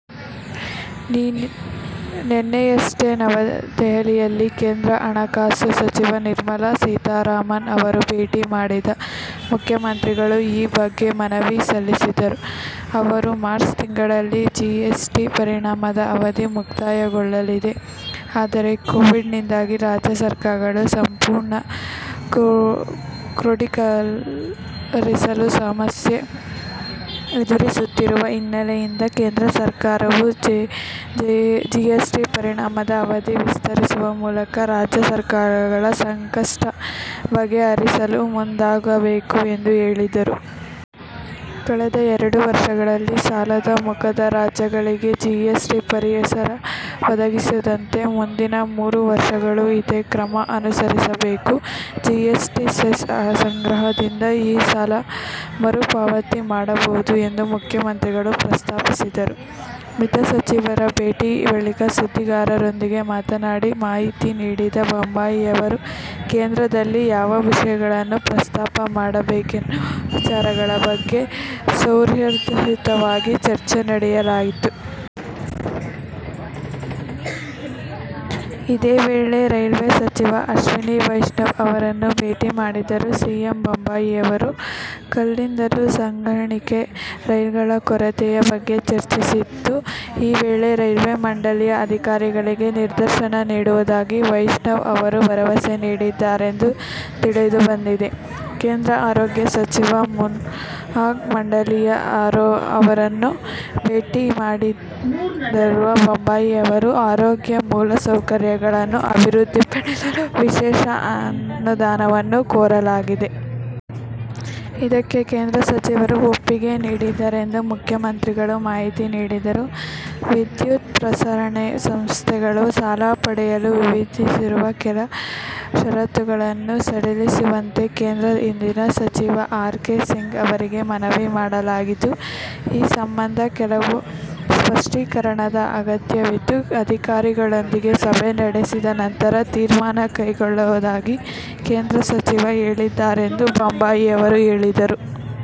ನಿನ್ನೆಯಷ್ಟೇ ನವದೆಹಲಿಯಲ್ಲಿ ಕೇಂದ್ರ ಹಣಕಾಸು ಸಚಿವೆ ನಿರ್ಮಲಾ ಸೀತಾರಾಮನ್ ಅವರನ್ನು ಭೇಟಿ ಮಾಡಿದ ಮುಖ್ಯಮಂತ್ರಿಗಳು ಈ ಬಗ್ಗೆ ಮನವಿ ಸಲ್ಲಿಸಿದರು. ಬರುವ ಮಾರ್ಚ್ ತಿಂಗಳಿಗೆ ಜಿಎಸ್'ಟಿ ಪರಿಹಾರದ ಅವಧಿ ಮುಕ್ತಾಯಗೊಳ್ಳಲಿದೆ. ಆದರೆ, ಕೋವಿಡ್ ನಿಂದಾಗಿ ರಾಜ್ಯ ಸರ್ಕಾರಗಳು ಸಂಪನ್ಮೂಲ ಕ್ರೋಢಿಕರಿಸಲು ಸಮಸ್ಯೆ ಎದುರಿಸುತ್ತಿರುವ ಹಿನ್ನೆಲೆಯಲ್ಲಿ ಕೇಂದ್ರ ಸರ್ಕಾರವು ಜಿಎಸ್'ಟಿ ಪರಿಹಾರದ ಅವಧಿ ವಿಸ್ತರಿಸುವ ಮೂಲಕ ರಾಜ್ಯ ಸರ್ಕಾರಗಳ ಸಂಕಷ್ಟ ಬಗೆಹರಿಸಲು ಮುಂದಾಗಬೇಕು ಎಂದು ಹೇಳಿದರು. ಕಳೆದ ಎರಡು ವರ್ಷಗಳಲ್ಲಿ ಸಾಲದ ಮೂಲಕ ರಾಜ್ಯಗಳಿಗೆ ಜಿಎಸ್'ಟಿ ಪರಿಹಾರ ಒದಗಿಸಿದಂತೆ ಮುಂದಿನ ಮೂರು ವರ್ಷಗಳೂ ಇದೇ ಕ್ರಮ ಅನುಸರಿಸಬೇಕು. ಜಿಎಸ್'ಟಿ ಸೆಸ್ ಸಂಗ್ರಹದಿಂದ ಈ ಸಾಲ ಮರುಪಾವತಿ ಮಾಡಬಹುದು ಎಂದು ಮುಖ್ಯಮಂತ್ರಿಗಳು ಪ್ರಸ್ತಾಪಿಸಿದರು. ವಿತ್ತ ಸಚಿವರ ಭೇಟಿ ಬಳಿಕ ಸುದ್ದಿಗಾರರೊಂದಿಗೆ ಮಾತನಾಡಿ ಮಾಹಿತಿ ನೀಡಿದ ಬೊಮ್ಮಾಯಿಯವರು, ಕೇಂದ್ರದಲ್ಲಿ ಯಾವ ವಿಷಯಗಳನ್ನು ಪ್ರಸ್ತಾಾಪ ಮಾಡಬೇಕೆನ್ನುವ ವಿಚಾರಗಳ ಬಗ್ಗೆ ಸೌಹಾರ್ದಯುತವಾಗಿ ಚರ್ಚೆ ನಡೆಸಲಾಯಿತು. ಇದೇ ವೇಳೆ ರೈಲ್ವೇ ಸಚಿವ ಅಶ್ವನಿ ವೈಷ್ಣವ್ ಅವರನ್ನೂ ಭೇಟಿ ಮಾಡಿರುವ ಸಿಎಂ ಬೊಮ್ಮಾಯಿಯವರು, ಕಲ್ಲಿದ್ದಲು ಸಾಗಾಣಿಕೆಗೆ ರೇಕ್ಗಳ ಕೊರತೆಯ ಬಗ್ಗೆ ಚರ್ಚಿಸಿದ್ದು, ಈ ವೇಳೆ ರೈಲ್ವೆ ಮಂಡಳಿಯ ಅಧಿಕಾರಿಗಳಿಗೆ ನಿರ್ದೇಶನ ನೀಡುವುದಾಗಿ ವೈಷ್ಣವ್ ಅವರು ಭರವಸೆ ನೀಡಿದ್ದಾರೆಂದು ತಿಳಿದುಬಂದಿದೆ. ಕೇಂದ್ರ ಆರೋಗ್ಯ ಸಚಿವ ಮನ್ಸುಖ್ ಮಾಂಡವಿಯಾ ಅವರನ್ನೂ ಭೇಟಿ ಮಾಡಿರುವ ಬೊಮ್ಮಾಯಿಯವರು, "ಆರೋಗ್ಯ ಮೂಲಸೌಕರ್ಯಗಳನ್ನು ಅಭಿವೃದ್ಧಿಪಡಿಸಲು ವಿಶೇಷ ಅನುದಾನವನ್ನು ಕೋರಲಾಗಿದೆ. ಇದಕ್ಕೆ ಕೇಂದ್ರ ಸಚಿವರು ಒಪ್ಪಿಗೆ ನೀಡಿದ್ದಾರೆಂದು ಮುಖ್ಯಮಂತ್ರಿಗಳು ಮಾಹಿತಿ ನೀಡಿದರು. ವಿದ್ಯುತ್ ಪ್ರಸರಣಾ ಸಂಸ್ಥೆಗಳು ಸಾಲ ಪಡೆಯಲು ವಿಧಿಸಿರುವ ಕೆಲ ಷರತ್ತುಗಳನ್ನು ಸಡಿಲಿಸುವಂತೆ ಕೇಂದ್ರ ಇಂಧನ ಸಚಿವ ಆರ್. ಕೆ. ಸಿಂಗ್ ಅವರಿಗೆ ಮನವಿ ಮಾಡಲಾಗಿದ್ದು, ಈ ಸಂಬಂಧ ಕೆಲವು ಸ್ಪಷ್ಟೀಕರಣದ ಅಗತ್ಯವಿದ್ದು, ಅಧಿಕಾರಿಗಳೊಂದಿಗೆ ಸಭೆ ನಡೆಸಿದ ನಂತರ ತೀರ್ಮಾನ ಕೈಗೊಳ್ಳಲಾಗುವುದಾಗಿ ಕೇಂದ್ರ ಸಚಿವರು ಹೇಳಿದ್ದಾರೆಂದು ಬೊಮ್ಮಾಯಿಯವರು ಹೇಳಿದರು.